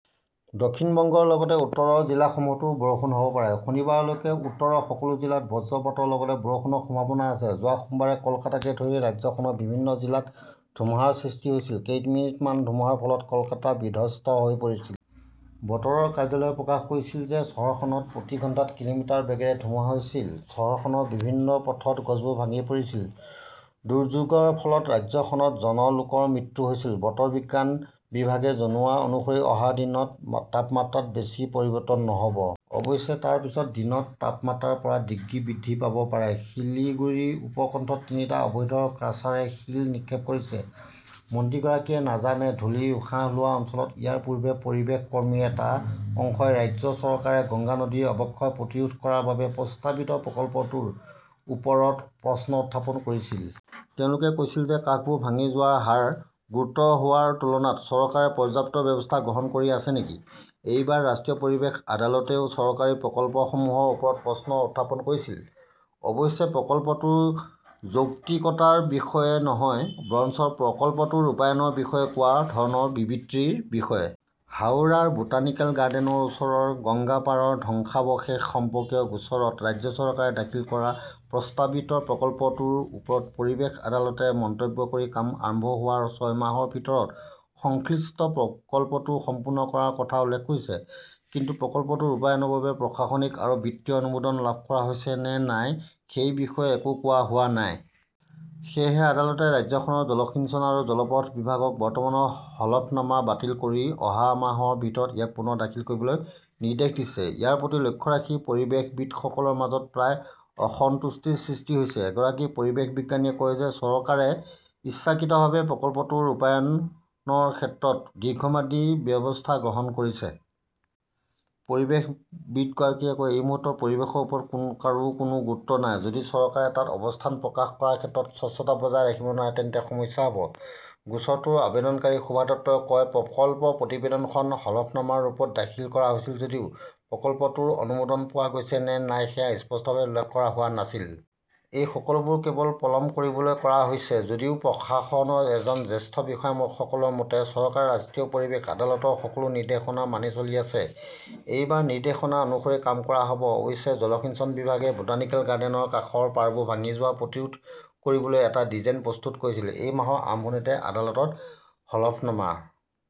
দক্ষিণ বংগৰ লগতে উত্তৰৰ জিলাসমূহতো বৰষুণ হ "ব পাৰে। শনিবাৰলৈকে উত্তৰৰ সকলো জিলাত বজ্ৰপাতৰ লগতে বৰষুণৰ সম্ভাৱনা আছে। যোৱা সোমবাৰে কলকাতাকে ধৰি ৰাজ্যখনৰ বিভিন্ন জিলাত ধুমুহাৰ সৃষ্টি হৈছিল। কেইমিনিটমানৰ ধুমুহাৰ ফলত কলকাতা বিধ্বস্ত হৈ পৰিছিল। বতৰৰ কাৰ্যালয়ে প্ৰকাশ কৰিছিল যে চহৰখনত প্ৰতি ঘণ্টাত কিলোমিটাৰ বেগেৰে ধুমুহা হৈছিল। চহৰখনৰ বিভিন্ন পথত গছবোৰ ভাঙি পৰিছিল। দুৰ্যোগৰ ফলত ৰাজ্যখনত জন লোকৰ মৃত্যু হৈছিল। বতৰ বিজ্ঞান বিভাগে জনোৱা অনুসৰি অহা দিনত তাপমাত্ৰাত বেছি পৰিৱৰ্তন নহ "ব। অৱশ্যে, তাৰ পিছত দিনত তাপমাত্ৰা ৰ পৰা ডিগ্ৰী বৃদ্ধি পাব পাৰে। শিলিগুড়িৰ উপকণ্ঠত তিনিটা 'অবৈধ ক্ৰাছাৰে "শিল নিক্ষেপ কৰিছে! মন্ত্ৰীগৰাকীয়ে নাজানে, ধূলিৰ উশাহ লোৱা অঞ্চলত ইয়াৰ পূৰ্বে পৰিৱেশ কৰ্মীৰ এটা অংশই ৰাজ্য চৰকাৰে গংগা নদীৰ অৱক্ষয় প্ৰতিৰোধ কৰাৰ বাবে প্ৰস্তাৱিত প্ৰকল্পটোৰ ওপৰত প্ৰশ্ন উত্থাপন কৰিছিল। তেওঁলোকে কৈছিল যে কাষবোৰ ভাঙি যোৱাৰ হাৰ গুৰুতৰ হোৱাৰ তুলনাত চৰকাৰে পৰ্যাপ্ত ব্যৱস্থা গ্ৰহণ কৰি আছে নেকি? এইবাৰ ৰাষ্ট্ৰীয় পৰিৱেশ আদালতেও চৰকাৰী প্ৰকল্পসমূহৰ ওপৰত প্ৰশ্ন উত্থাপন কৰিছিল। অৱশ্যে, প্ৰকল্পটোৰ যৌক্তিকতাৰ বিষয়ে নহয়, বৰঞ্চ প্ৰকল্পটোৰ ৰূপায়ণৰ বিষয়ে কোৱা ধৰণৰ বিবৃতিৰ বিষয়ে। হাউৰাৰ বোটানিকেল গাৰ্ডেনৰ ওচৰৰ গংগাপাড়ৰ ধ্বংসাৱশেষ সম্পৰ্কীয় গোচৰত ৰাজ্য চৰকাৰে দাখিল কৰা প্ৰস্তাৱিত প্ৰকল্পটোৰ ওপৰত পৰিৱেশ আদালতে মন্তব্য কৰি কাম আৰম্ভ হোৱাৰ ছয় মাহৰ ভিতৰত সংশ্লিষ্ট প্ৰকল্পটো সম্পূৰ্ণ কৰাৰ কথা উল্লেখ কৰিছে। কিন্তু প্ৰকল্পটোৰ ৰূপায়ণৰ বাবে প্ৰশাসনিক আৰু বিত্তীয় অনুমোদন লাভ কৰা হৈছে নে নাই সেই বিষয়ে একো কোৱা হোৱা নাই। সেয়েহে আদালতে ৰাজ্যখনৰ জলসিঞ্চন আৰু জলপথ বিভাগক বৰ্তমানৰ হলফনামা বাতিল কৰি অহা মাহৰ ভিতৰত ইয়াক পুনৰ দাখিল কৰিবলৈ নিৰ্দেশ দিছে। ইয়াৰ প্ৰতি লক্ষ্য ৰাখি পৰিৱেশবিদসকলৰ মাজত প্ৰায় অসন্তুষ্টিৰ সৃষ্টি হৈছে। এগৰাকী পৰিৱেশবিজ্ঞানীয়ে কয় যে চৰকাৰে ইচ্ছাকৃতভাৱে প্ৰকল্পটো ৰূপায়ণৰ ক্ষেত্ৰত দীৰ্ঘম্যাদী ব্যৱস্থা গ্ৰহণ কৰিছে। পৰিৱেশবিদগৰাকীয়ে কয়, "এই মুহূৰ্তত পৰিৱেশৰ ওপৰত কাৰো কোনো গুৰুত্ব নাই। যদি চৰকাৰে তাত অৱস্থান প্ৰকাশ কৰাৰ ক্ষেত্ৰত স্বচ্ছতা বজাই ৰাখিব নোৱাৰে তেন্তে সমস্যা হ 'ব। "গোচৰটোৰ আবেদনকাৰী সুভাষ দত্তই কয়", প্ৰকল্প প্ৰতিবেদনখন হলফনামাৰ ৰূপত দাখিল কৰা হৈছিল যদিও প্ৰকল্পটোৰ অনুমোদন পোৱা গৈছে নে নাই সেয়া স্পষ্টভাৱে উল্লেখ কৰা হোৱা নাছিল! এই সকলোবোৰ কেৱল পলম কৰিবলৈ কৰা হৈছে। "যদিও প্ৰশাসনৰ এজন জ্যেষ্ঠ বিষয়াসকলৰ মতে", চৰকাৰে ৰাষ্ট্ৰীয় পৰিৱেশ আদালতৰ সকলো নিৰ্দেশনা মানি চলি আছে। এইবাৰ নিৰ্দেশনা অনুসৰি কাম কৰা হ "ব। "অৱশ্যে, জলসিঞ্চন বিভাগে বোটানিকেল গাৰ্ডেনৰ কাষৰ পাৰবোৰ ভাঙি যোৱা প্ৰতিৰোধ কৰিবলৈ এটা ডিজাইন প্ৰস্তুত কৰিছিল। এই মাহৰ আৰম্ভণিতে আদালতত হলফনামাৰ